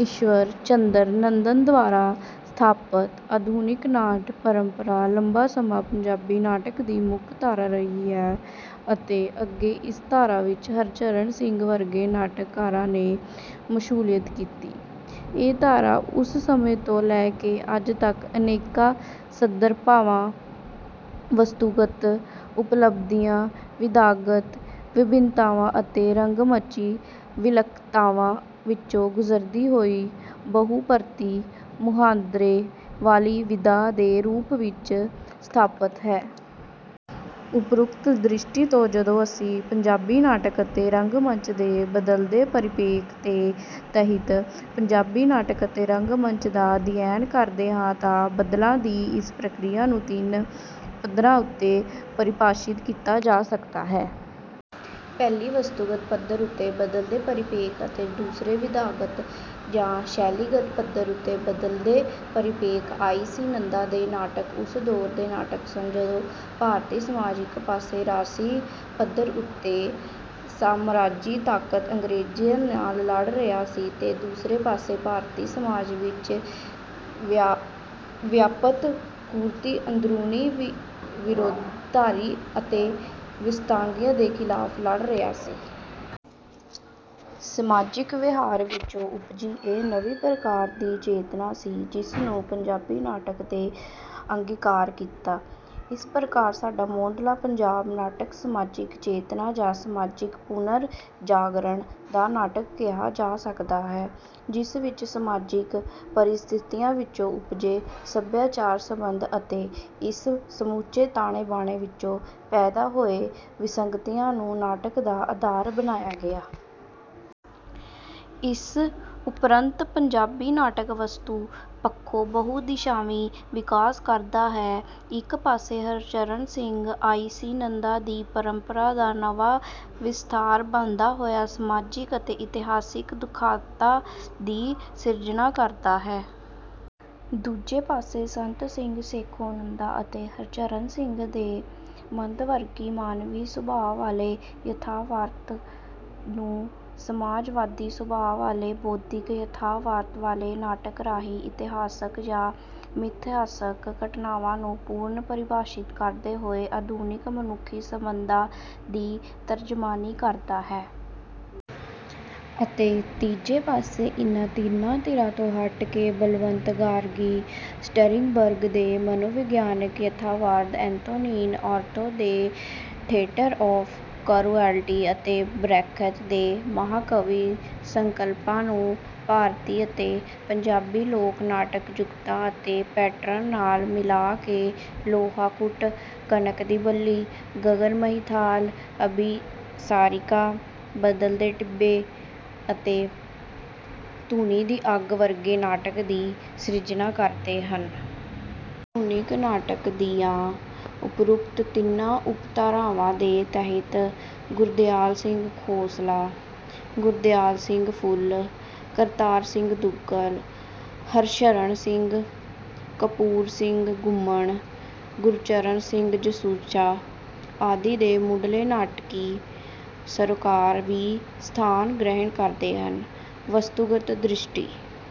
ਈਸ਼ਵਰ ਚੰਦਰ ਨੰਦਾ ਦੁਆਰਾ ਸਥਾਪਤ ਆਧੁਨਿਕ ਨਾਟ ਪਰੰਪਰਾ ਲੰਮਾ ਸਮਾਂ ਪੰਜਾਬੀ ਨਾਟਕ ਦੀ ਮੁੱਖ ਧਾਰਾ ਰਹੀ ਅਤੇ ਅੱਗੇ ਇਸ ਧਾਰਾ ਵਿੱਚ ਹਰਚਰਨ ਸਿੰਘ ਵਰਗੇ ਨਾਟਕਾਰਾਂ ਨੇ ਸ਼ਮੂਲੀਅਤ ਕੀਤੀ। ਇਹ ਧਾਰਾ ਉਸ ਸਮੇਂ ਤੋਂ ਲੈ ਕੇ ਅੱਜ ਤੱਕ ਅਨੇਕ ਸੰਦਰਭਾਂ, ਵਸਤੂਗਤ ਤਬਦੀਲੀਆਂ, ਵਿਧਾਗਤ ਵਿਭਿੰਨਤਾਵਾਂ ਅਤੇ ਰੰਗਮੰਚੀ ਵਿਲੱਖਣਤਾਵਾਂ ਵਿੱਚੋਂ ਗੁਜਰਦੀ ਹੋਈ ਬਹੁਪਰਤੀ ਮੁਹਾਂਦਰੇ ਵਾਲੀ ਵਿਧਾ ਦੇ ਰੂਪ ਵਿੱਚ ਸਥਾਪਤ ਹੈ। ਉਪਰੋਕਤ ਦ੍ਰਿਸ਼ਟੀ ਤੋਂ ਜਦੋਂ ਅਸੀਂ ਪੰਜਾਬੀ ਨਾਟਕ ਅਤੇ ਰੰਗ ਮੰਚ ਦੇ ਬਦਲਦੇ ਪਰਿਪੇਖ ਦੇ ਤਹਿਤ ਪੰਜਾਬੀ ਨਾਟਕ ਅਤੇ ਰੰਗਮੰਚ ਦਾ ਅਧਿਐਨ ਕਰਦੇ ਹਾਂ ਤਾਂ ਬਦਲਾਅ ਦੀ ਇਸ ਪ੍ਰਕਿਰਿਆ ਨੂੰ ਤਿੰਨ ਪੱਧਰਾਂ ਉੱਤੇ ਪਰਿਭਾਸ਼ਿਤ ਕੀਤਾ ਜਾ ਸਕਦਾ ਹੈ। ਪਹਿਲੀ ਵਸਤੂਗਤ ਪੱਧਰ ਉੱਤੇ ਬਦਲਦੇ ਪਰਿਪੇਖ ਅਤੇ ਦੂਸਰੇ ਵਿਧਾਗਤ ਜਾਂ ਸ਼ੈਲੀਗਤ ਪੱਧਰ ਉੱਤੇ ਬਦਲਦੇ ਪਰਿਪੇਖ। ਆਈ ਸੀ ਨੰਦਾ ਦੇ ਨਾਟਕ ਉਸ ਦੌਰ ਦੇ ਨਾਟਕ ਸਨ ਜਦੋਂ ਭਾਰਤੀ ਸਮਾਜ ਇੱਕ ਪਾਸੇ ਰਾਜਸੀ ਪੱਧਰ ਉੱਤੇ ਸਾਮਰਾਜੀ ਤਾਕਤ ਅੰਗਰੇਜ਼ ਨਾਲ ਲੜ ਰਿਹਾ ਸੀ ਅਤੇ ਦੂਜੇ ਪਾਸੇ ਭਾਰਤੀ ਸਮਾਜ ਵਿੱਚ ਵਿਆਪਤ ਕੁਰੀਤੀਆਂ, ਅੰਦਰੂਨੀ ਵਿਰੋਧਤਾਰੀ ਅਤੇ ਵਿਸੰਗਤੀਆਂ ਦੇ ਖਿਲਾਫ ਲੜ ਰਿਹਾ ਸੀ। ਸਮਾਜਿਕ ਵਿਹਾਰ ਵਿੱਚੋਂ ਉਪਜੀ ਇਹ ਨਵੀਂ ਪ੍ਰਕਾਰ ਦੀ ਚੇਤਨਾ ਸੀ ਜਿਸ ਨੂੰ ਪੰਜਾਬੀ ਨਾਟਕ ਨੇ ਅੰਗੀਕਾਰ ਕੀਤਾ। ਇਸ ਪ੍ਰਕਾਰ ਸਾਡਾ ਮੁਢਲਾ ਪੰਜਾਬੀ ਨਾਟਕ ਸਮਾਜਿਕ ਚੇਤਨਾ ਜਾਂ ਸਮਾਜਿਕ ਪੁਨਰ ਜਾਗਰਣ ਦਾ ਨਾਟਕ ਕਿਹਾ ਜਾ ਸਕਦਾ ਹੈ, ਜਿਸ ਵਿੱਚ ਸਮਾਜਿਕ ਪਰਿਸਥਿਤੀਆਂ ਵਿੱਚੋਂ ਉਪਜੇ ਸਭਿਆਚਾਰਕ ਪ੍ਰਬੰਧ ਅਤੇ ਇਸ ਸਮੁੱਚੇ ਤਾਣੇ-ਬਾਣੇ ਵਿੱਚੋਂ ਪੈਦਾ ਹੋਈਆਂ ਵਿਸੰਗਤੀਆਂ ਨੂੰ ਨਾਟਕ ਦਾ ਆਧਾਰ ਬਣਾਇਆ ਗਿਆ। ਇਸ ਉਪਰੰਤ ਪੰਜਾਬੀ ਨਾਟਕ ਵਸਤੂ ਪੱਖੋਂ ਬਹੁ ਦਿਸ਼ਾਵੀ ਵਿਕਾਸ ਕਰਦਾ ਹੈ। ਇੱਕ ਪਾਸੇ ਹਰਚਰਨ ਸਿੰਘ ਆਈ ਸੀ ਨੰਦਾ ਦੀ ਪਰੰਪਰਾ ਦਾ ਨਵਾਂ ਵਿਸਥਾਰ ਬਣਦਾ ਹੋਇਆ ਸਮਾਜਿਕ ਅਤੇ ਇਤਿਹਾਸਕ ਦੁਖਾਂਤਾਂ ਦੀ ਸਿਰਜਣਾ ਕਰਦਾ ਹੈ। ਦੂਜੇ ਪਾਸੇ ਸੰਤ ਸਿੰਘ ਸੇਖੋਂ ਨੰਦਾ ਅਤੇ ਹਰਚਰਨ ਸਿੰਘ ਦੇ ਮੱਧਵਰਗੀ ਮਾਨਵੀ ਸੁਭਾਅ ਵਾਲੇ ਯਥਾਰਥਵਾਦ ਨੂੰ ਸਮਾਜਵਾਦੀ ਸੁਭਾਅ ਵਾਲੇ ਬੌਧਿਕ ਯਥਾਰਥਵਾਦ ਵਾਲੇ ਨਾਟਕਾਂ ਰਾਹੀਂ ਇਤਿਹਾਸਕ ਜਾਂ ਮਿਥਿਹਾਸਕ ਘਟਨਾਵਾਂ ਨੂੰ ਪੁਨਰ ਪਰਿਭਾਸ਼ਿਤ ਕਰਦਾ ਹੋਇਆ ਆਧੁਨਿਕ ਮਨੁੱਖੀ ਸੰਬੰਧਾਂ ਦੀ ਤਰਜ਼ਮਾਨੀ ਕਰਦਾ ਹੈ। ਅਤੇ ਤੀਜੇ ਪਾਸੇ ਇਹਨਾਂ ਤਿੰਨਾਂ ਧਿਰਾਂ ਤੋਂ ਹਟ ਕੇ ਬਲਵੰਤ ਗਾਰਗੀ ਸਟਰਿੰਡਬਰਗ ਦੇ ਮਨੋਵਿਗਿਆਨਕ ਯਥਾਰਥਵਾਦ, ਐਨਤੋਨਿਨ ਓਰਥੋ ਦੇ ਥੀਏਟਰ ਆਫ਼ ਕਰੂਅਲਟੀ ਅਤੇ ਬਰੈਖਤ ਦੇ ਮਹਾਂਕਾਵਿਕ ਸੰਕਲਪਾਂ ਨੂੰ ਭਾਰਤੀ ਅਤੇ ਪੰਜਾਬੀ ਲੋਕ ਨਾਟਕੀ ਜੁਗਤਾਂ ਅਤੇ ਪੈਟਰਨਾਂ ਨਾਲ ਮਿਲਾ ਕੇ ਲੋਹਾ ਕੁੱਟ, ਕਣਕ ਦੀ ਬੱਲੀ, ਗਗਨ ਮਹਿ ਥਾਲ, ਅਭਿਸਾਰਿਕਾ, ਬਦਲਦੇ ਡਿਬੇ ਅਤੇ ਧੁਣੀ ਦੀ ਅੱਗ ਵਰਗੇ ਨਾਟਕ ਦੀ ਸਿਰਜਣਾ ਕਰਦੇ ਹਨ। ਯੂਨੀਕ ਨਾਟਕ ਦੀਆਂ ਉਪਰੋਕਤ ਤਿੰਨਾਂ ਉਪਧਾਰਾਵਾਂ ਦੇ ਤਹਿਤ ਗੁਰਦਿਆਲ ਸਿੰਘ ਖੋਸਲਾ, ਗੁਰਦਿਆਲ ਸਿੰਘ ਫੁੱਲ, ਕਰਤਾਰ ਸਿੰਘ ਦੁੱਗਲ, ਹਰਸ਼ਰਨ ਸਿੰਘ, ਕਪੂਰ ਸਿੰਘ ਘੁੰਮਣ, ਗੁਰਚਰਨ ਸਿੰਘ ਜਸੂਜਾ ਆਦਿ ਦੇ ਮੁਢਲੇ ਨਾਟਕੀ ਸਰਕਾਰ ਵੀ ਸਥਾਨ ਗ੍ਰਹਿਣ ਕਰਦੇ ਹਨ। ਵਸਤੂਗਤ ਦ੍ਰਿਸ਼ਟੀ